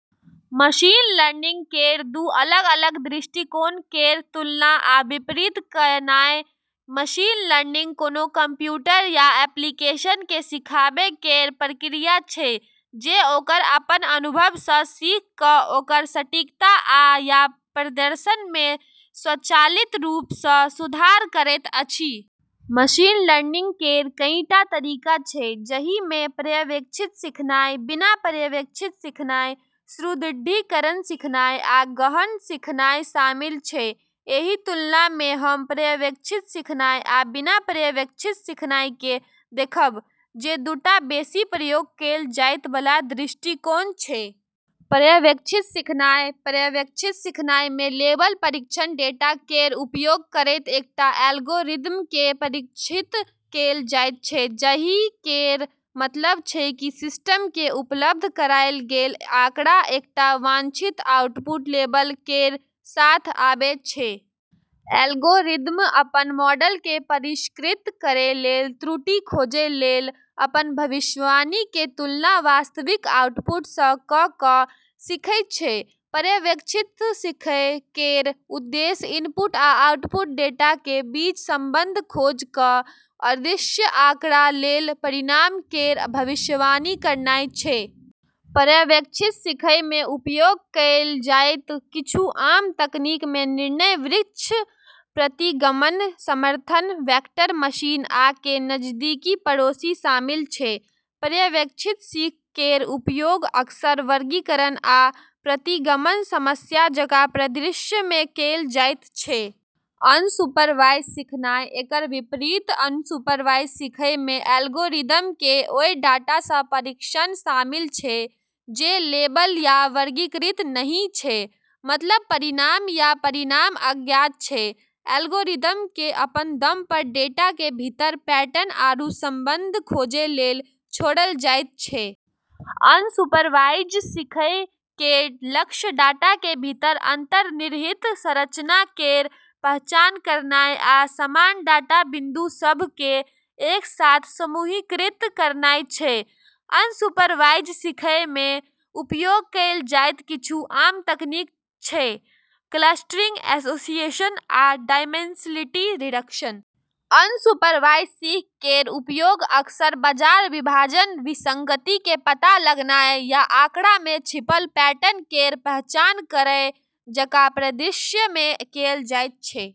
Machine learning केर दू अलग-अलग दृष्टिकोण केर तुलना आ विपरीत कयनाय। मशीन लर्निंग कोनो कंप्यूटर या एप्लीकेशन केँ सिखाबै केर प्रक्रिया छै जे ओकर अपन अनुभव सँ सीख कऽ ओकर सटीकता आ/या प्रदर्शन मे स्वचालित रूप सँ सुधार करैत अछि। मशीन लर्निंग केर कईटा तरीका छै, जहि मे पर्यवेक्षित सीखनाय, बिना पर्यवेक्षित सीखनाय, सुदृढीकरण सीखनाय, आ गहन सीखनाय शामिल छै। एहि तुलना मे हम पर्यवेक्षित सीखनाय आ बिना पर्यवेक्षित सीखना केँ देखब, जे दूटा बेसि प्रयोग कएल जाइत बला दृष्टिकोण छै। पर्यवेक्षित सीखनाय: पर्यवेक्षित सीखनाय मे लेबल प्रशिक्षण डेटा केर उपयोग करैत एकटा एल्गोरिदम केँ प्रशिक्षित कएल जाइत छै, जहि केर मतलब छै की सिस्टम केँ उपलब्ध कराएल गेल आँकड़ा एकटा वांछित आउटपुट लेबल केर साथ आबै छै। एल्गोरिदम अपन मॉडल केँ परिष्कृत करै लेल त्रुटि खोजै लेल अपन भविष्यवाणी के तुलना वास्तविक आउटपुट सँ कऽ कऽ सीखै छै। पर्यवेक्षित सीखय केर उद्देश्य इनपुट आ आउटपुट डेटा केँ बीच संबंध खोज कऽ अदृश्य आँकड़ा लेल परिणाम केर भविष्यवाणी करनाय छै। पर्यवेक्षित सीखय मे उपयोग कएल जाइत किछु आम तकनीक मे निर्णय वृक्ष, प्रतिगमन, समर्थन वेक्टर मशीन आ के-नजदीकी पड़ोसी शामिल छै। पर्यवेक्षित सीख केर उपयोग अक्सर वर्गीकरण आ प्रतिगमन समस्या जकाँ परिदृश्य मे कएल जाइत छै। अनसुपरवाइज सीखनाय: एकर विपरीत, अनसुपरवाइज सीखय मे एल्गोरिदम केँ ओय डेटा सँ प्रशिक्षण शामिल छै जे लेबल या वर्गीकृत नहि छै, मतलब परिणाम या परिणाम अज्ञात छै। एल्गोरिदम केँ अपन दम पर डेटा के भीतर पैटर्न आरू संबंध खोजै लेल छोड़ल जाइत छै। अनसुपरवाइज सीखय केर लक्ष्य डेटा के भीतर अंतर्निहित संरचना केर पहचान करनाय आ समान डेटा बिंदु सभ केँ एक साथ समूहीकृत करनाय छै। अनसुपरवाइज सीखय मे उपयोग कएल जाइत किछु आम तकनीक छै क्लस्टरिंग, एसोसिएशन आ डायमेंशनलिटी रिडक्शन। अनसुपरवाइज सीख केर उपयोग अक्सर बाजार विभाजन, विसंगति केँ पता लगानाय या आँकड़ा मे छिपल पैटर्न केर पहचान करय जकाँ परिदृश्य मे कएल जाइत छै।